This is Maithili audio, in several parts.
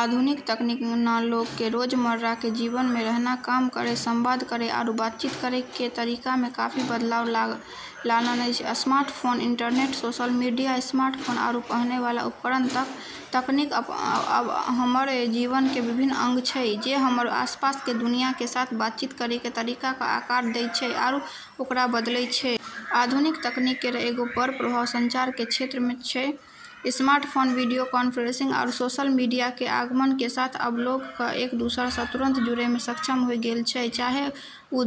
आधुनिक तकनीक न लोग के रोजमर्रा के जीवन मे रहना, काम करै, संवाद करै आरू बातचीत करै के तरीका मे काफी बदलाव लानल छै। Smartphone, internet, social media, smart home, आरू पहनै वाला उपकरण तक, तकनीक अब हमर जीवन केर अभिन्न अंग छै, जे हमर आसपास के दुनिया के साथ बातचीत करै के तरीका क आकार दै छै आरू ओकरा बदलै छै। आधुनिक तकनीक केर एगो बड़ प्रभाव संचार के क्षेत्र मे छै। स्मार्टफोन, वीडियो कॉन्फ्रेंसिंग, आरू सोशल मीडिया के आगमन के साथ अब लोग क एक-दूसरा स तुरंत जुड़ै मे सक्षम होय गेल छै, चाहे वू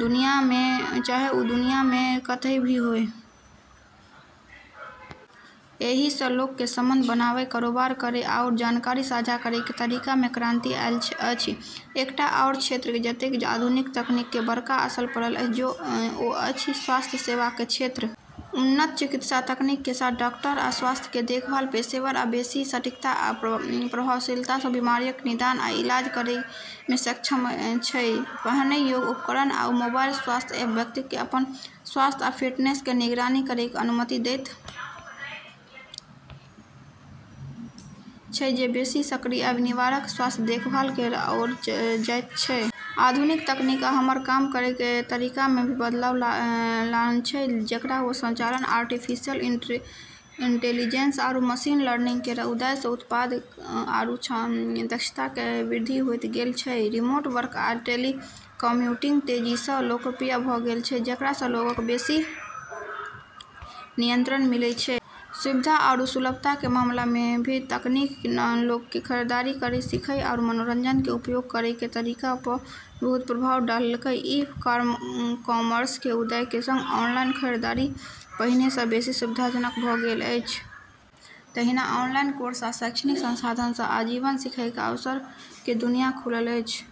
दुनिया मे कतहीं भी होय। एहि सं लोक के संबंध बनाबय, कारोबार करय, आओर जानकारी साझा करय के तरीका मे क्रांति आयल अछि। एकटा आओर क्षेत्र जतय आधुनिक तकनीक के बड़का असर पड़ल अछि ओ अछि स्वास्थ्य सेवा के क्षेत्र। उन्नत चिकित्सा तकनीक कें साथ, डॉक्टर आ स्वास्थ्य देखभाल पेशेवर आब बेसि सटीकता आ प्रभावशीलता सं बीमारियक कें निदान आ इलाज करय मे सक्षम छै। पहनय योग्य उपकरण आ मोबाइल स्वास्थ्य ऐप व्यक्तिक कें अपन स्वास्थ्य आ फिटनेस कें निगरानी करय कें अनुमति देयत छै, जे बेसि सक्रिय आ निवारक स्वास्थ्य देखभाल कें ओर ले जायत छै। आधुनिक तकनीक न हमर काम करै के तरीका मे भी बदलाव लानल छै, जेकरा मे स्वचालन, आर्टिफिशियल इंटेलिजेंस, आरू मशीन लर्निंग केर उदय स उत्पादकता आरू दक्षता मे वृद्धि होय गेल छै। रिमोट वर्क आ टेलीकॉम्यूटिंग तेजी सं लोकप्रिय भ गेल छै, जेकरा सं लोगक कें बेसि लचीलापन आ अपन वर्क-लाइफ बैलेंस पर नियंत्रण मिलय छै। सुविधा आरू सुलभता के मामला मे भी तकनीक न लोग के खरीदारी करै, सीखै, आरू मनोरंजन के उपयोग करै के तरीका प भी बहुत प्रभाव डाललकै। ई-कॉमर्स के उदय के संग ऑनलाइन खरीदारी पहिने सं बेसि सुविधाजनक भ गेल अछि। तहिना ऑनलाइन कोर्स आ शैक्षणिक संसाधन सं आजीवन सीखय के अवसर के दुनिया खुलल अछि।